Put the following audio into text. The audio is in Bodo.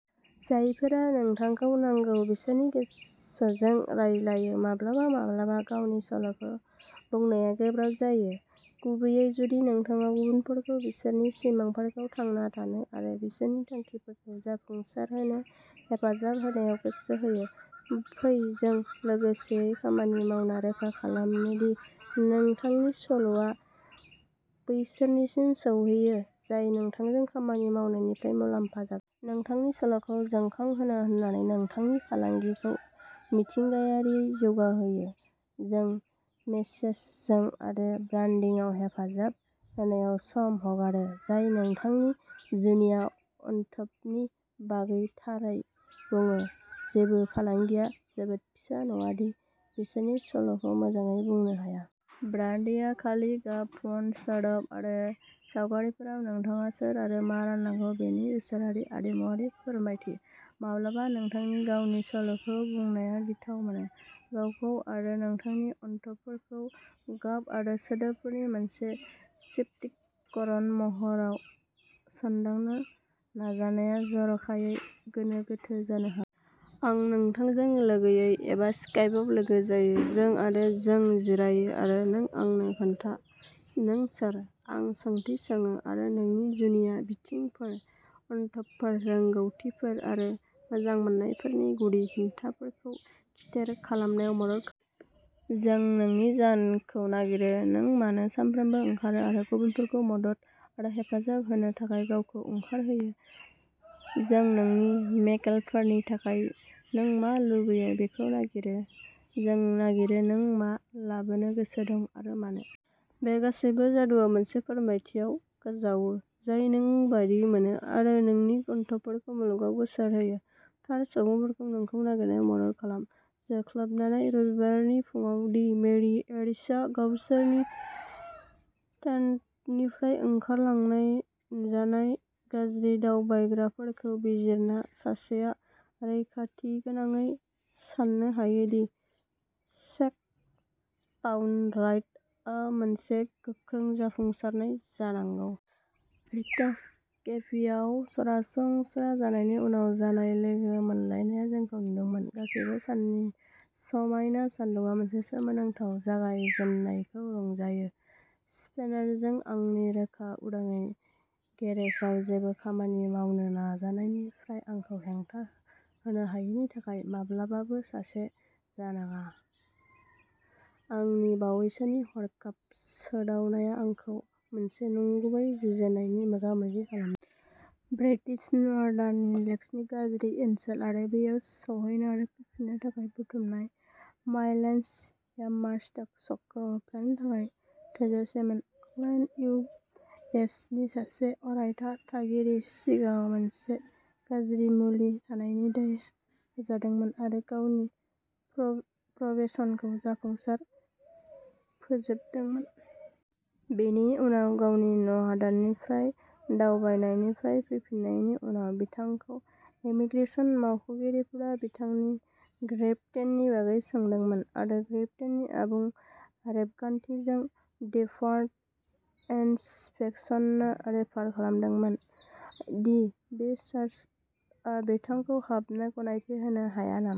जायफोरा नोंथांखौ नांगौ बिसोरनि गोसोजों रायज्लायो। माब्लाबा माब्लाबा गावनि सल'खौ बुंनाया गोब्राब जायो, गुबैयै जुदि नोंथाङा गुबुनफोरखौ बिसोरनि सिमांफोरखौ थांना थानो आरो बिसोरनि थांखिफोरखौ जाफुंसारहोनो हेफाजाब होनायाव गोसो होयो। फै जों लोगोसेयै खामानि मावना रोखा खालाम दि नोंथांनि सल'आ बैसोरनिसिम सौहैयो जाय नोंथांजों खामानि मावनायनिफ्राय मुलाम्फा जागोन। नोंथांनि सल'खौ जोंखांहोनो होनानै नोंथांनि फालांगिखौ मिथिंगायारियै जौगाहोयो। जों मेसेजजों आरो ब्रान्डिंआव हेफाजाब होनायाव सम हगारो जाय नोंथांनि जुनिया अनथोबनि बागै थारै बुङो। जेबो फालांगिया जोबोद फिसा नङा दि बिसोरनि सल'खौ मोजाङै बुंनो हाया। ब्रान्डिंआ खालि गाब, फन्ट, सोदोब आरो सावगारिफोराव, नोंथाङा सोर आरो मा राननांगौ बेनि गोसोआरि आरिमुवारि फोरमायथि। माब्लाबा, नोंथांनि गावनि सल'खौ बुंनाया गिथाव मोनो। गावखौ आरो नोंथांनि अनथोबफोरखौ गाब आरो सोदोबफोरनि मोनसे सिफटिककरण महराव सोदांनो नाजानाया जर'खायै गोनो गोथो जानो हागौ। आं नोंथांजों लोगोयै एबा स्काइपआव लोगो जायो। जों आरो जों जिरायो आरो नों आंनो खोन्था नों सोर। आं सोंथि सोङो आरो नोंनि जुनिया बिथिंफोर, अनथोबफोर, रोंग'थिफोर आरो मोजांमोननायफोरनि गुदि खिथाफोरखौ खिथेर खालामनायाव मदद खालामो। जों नोंनि जाहोनखौ नागिरो! नों मानो सानफ्रोमबो ओंखारो आरो गुबुनफोरखौ मदद आरो हेफाजाब होनो थाखाय गावखौ ओंखारहोयो! जों नोंनि मेक्केलफोरनि थाखाय नों मा लुबैयो बेखौ नागिरो। जों नागिरो नों मा लाबोनो गोसो दं आरो मानो! बे गासैबो जादुआ मोनसे फोरमायथियाव गोजावो जाय नों बायदि मोनो आरो नोंनि अनथोबफोरखौ मुलुगाव गोसारहोयो। थार सुबुंफोरखौ नोंखौ नागिरनायाव मदद खालाम, जोंख्लाबनानै! रबिबारनि फुंआव दि मेरि हेरियर्सआव गावसोरनि टेन्टनिफ्राय ओंखारलांनाय नुजानाय गाज्रि दावबायग्राफोरखौ बिजिरना सासेया रैखाथिगोनाङै सान्नो हायो दि शेक टाउन राइड आ मोनसे गोख्रों जाफुंसारनाय जानांगौ। रिकास केफिआव सरासनस्रा जानायनि उनाव जानाय लोगो मोनलायनाया जोंखौ नुदोंमोन। गासैबो साननि समायना सानदुंआव मोनसे सोमोनांथाव जागायजेन्नायखौ रंजायो। स्पेनरजों आंनि रोखा उदायै गेरेजाव जेबो खामानि मावनो नाजानायनिफ्राय आंखौ हेंथा होनो हायैनि थाखाय माब्लाबाबो सासे जानाङा, आंनि बावैसोनि हरखाब सोदावनाया आंखौ मोनसे नंगुबै जुजिनायनि मोगामोगि खालामदों। ब्रिटिश नर्दार्न लेकसनि गाज्रि ओनसोल आरो बैयाव सौहैनो आरो फैफिननो थाखाय बुथुमनाय माइलेजआ यामाहा स्टक शकखौ होबथानो थाखाय थोजासेमोन। Client, U. एस. नि सासे अरायथा थागिरि, सिगाङाव मोनसे गाज्रि मुलि थानायनि दाय होजादोंमोन आरो गावनि प्रबेशनखौ जाफुंसार फोजोबदोंमोन। बेनि उनाव, गावनि न'हादोरनिफ्राय दावबायनायनिफ्राय फैफिन्नायनि उनाव, बिथांखौ इमिग्रेशन मावख'गिरिफोरा बिथांनि ग्रेप्तेननि बागै सोंदोंमोन आरो ग्रेप्तेननि आबुं रेबगान्थिजों डेफार्ड इन्सपेक्शननो रेफार खालामदोंमोन दि बे चार्जआ बिथांखौ हाबनो गनायथि होनो हाया नामा।